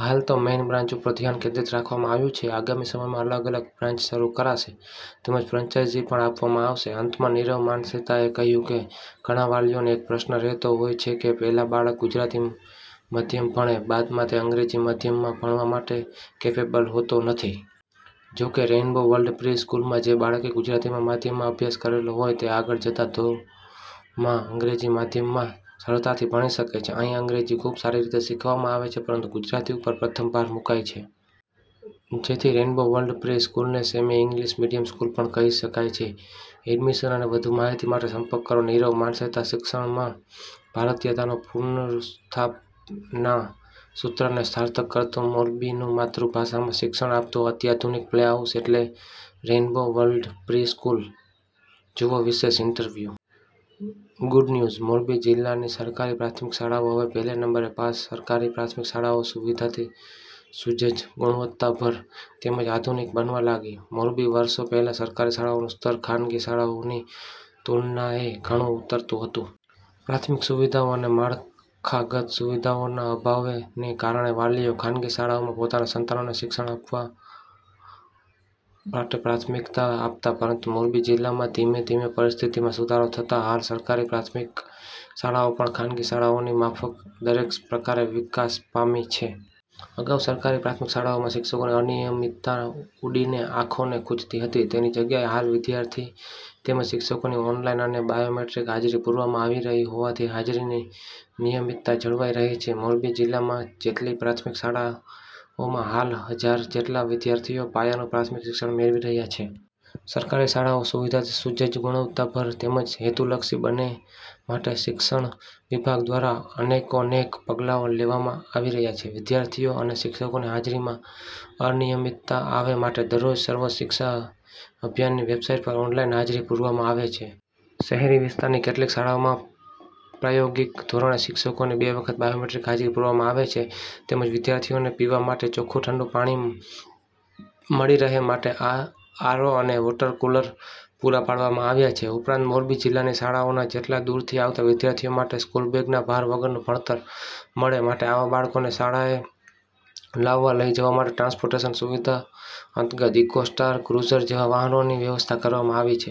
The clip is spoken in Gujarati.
હાલ તો મેઈન બ્રાન્ચ ઉપરધ્યાન કેન્દ્રિત રાખવામાં આવ્યું છે. આગામી સમયમાં અલગ અલગ બ્રાન્ચ શરૂ કરાશે તેમજ ફ્રેન્ચાઇઝી પણ આપવામા આવશે. અંતમાં નીરવ માનસેતાએ કહ્યું કે ઘણા વાલીઓને એક પ્રશ્ન રહેતો હોય છે કે પહેલા બાળક ગુજરાતી માધ્યમ ભણે બાદમાં તે અંગ્રેજી માધ્યમમાં ભણવા માટે કેપેબલ હોતો નથી. જો કે રેઈન્બો વર્લ્ડ પ્રિ-સ્કૂલમાં જે બાળકે ગુજરાતીમાં માધ્યમમા અભ્યાસ કરેલો હોય તે આગળ જતા ધો. મા અંગ્રેજી માધ્યમમાં સરળતાથી ભણી શકે છે. અહીં અંગ્રેજી ખુબ સારી રીતે શીખવવામાં આવેછે. પરંતુ ગુજરાતી ઉપર પ્રથમ ભાર મુકાઈ છે. જેથી રેઈન્બો વર્લ્ડ પ્રિ-સ્કૂલને સેમી ઈંગ્લીશ મીડીયમ સ્કૂલ પણ કહી શકાય છે. એડમીશન અને વધુ માહિતી માટે સંપર્ક કરો નીરવ માનસેતાશિક્ષણમાં ભારતીયતાનું પુનરુત્થાનના સૂત્રને સાર્થક કરતું મોરબીનું માતૃભાષામાં શિક્ષણ આપતું અત્યાધુનિક પ્લે હાઉસ એટલે રેઈન્બો વર્લ્ડ પ્રિ-સ્કૂલ, જુઓ વિશેષ ઇન્ટરવ્યૂ। ગુડ ન્યુઝ મોરબી જિલ્લાની સરકારી પ્રાથમિક શાળાઓ હવે પહેલે નંબરે પાસ સરકારી પ્રાથમિક શાળાઓ સુવિધાથી સુસજજ, ગુણવત્તાસભર તેમજ આધુનિક બનવા લાગી મોરબી વરસો પહેલા સરકારી શાળાઓનું સ્તર ખાનગી શાળાઓની તુલનાએ ઘણું ઉતરતું હતું. પ્રાથમિક સુવિધાઓ અને માળખાગત સુવિધાઓના અભાવને કારણે વાલીઓ ખાનગી શાળાઓમાં પોતાના સંતાનોને શિક્ષણ અપાવવા માટે પ્રાથમિકતા આપતા. પરંતુ મોરબી જિલ્લામાં ધીમે ધીમેપરિસ્થિતિમાં સુધારો થતા હાલ સરકારી પ્રાથમિક શાળાઓ પણ ખાનગી શાળાઓની માફક દરેક પ્રકારે વિકાસ પામી છે. અગાઉ સરકારી પ્રાથમિક શાળાઓમાં શિક્ષકોની અનિયમિતતા ઉડીને આંખોને ખૂંચતી હતી. તેની જગ્યાએ હાલ વિદ્યાર્થી તેમજ શિક્ષકોની ઓનલાઈન અને બાયોમેટ્રિક હાજરી પુરવામાં આવી રહી હોવાથી હાજરીની નિયમિતતા જળવાઈ રહી છે. મોરબી જિલ્લામાં જેટલી પ્રાથમિક શાળાઓમાં હાલ હજાર જેટલા વિદ્યાર્થીઓ પાયાનું પ્રાથમિક શિક્ષણ મેળવી રહ્યા છે. સરકારી શાળાઓ સુવિધાથી સુસજ્જ, ગુણવત્તાસભર તેમજ હેતુલક્ષી બનેમાટે શિક્ષણ વિભાગ દ્વારા અનેકોનેક પગલાંઓ લેવામાં આવી રહ્યા છે. વિદ્યાર્થીઓ અને શિક્ષકોની હાજરીમાં નિયમિતતા આવેમાટે દરરોજ સર્વ શિક્ષા અભ્યાનની વેબસાઈટ પર ઓનલાઈન હાજરી પુરવામાં આવે છે. શહેરી વિસ્તારની કેટલીક શાળાઓમાં પ્રાયોગિક ધોરણે શિક્ષકોની બે વખત બાયોમેટ્રિક હાજરી પુરવામાં આવે છે. તેમજ વિદ્યાર્થીઓને પીવા માટે ચોખ્ખું ઠંડુ પાણી મળી રહેમાટે આર. ઓ. અને વોટરકુલર પુરા પાડવામાં આવ્યા છે. ઉપરાંત મોરબી જિલ્લાની શાળાઓના જેટલા દૂરથી આવતા વિદ્યાર્થીઓ માટે સ્કૂલ બેગના ભાર વગરનું ભણતર મળેમાટે આવા બાળકોને શાળાએ લાવવા લઈ જવા માટે ટ્રાન્સપોર્ટેશન સુવિધા અંતર્ગત ઈકો સ્ટાર, ક્રુઝર જેવા વાહનની વ્યવસ્થા કરવામાં આવી છે.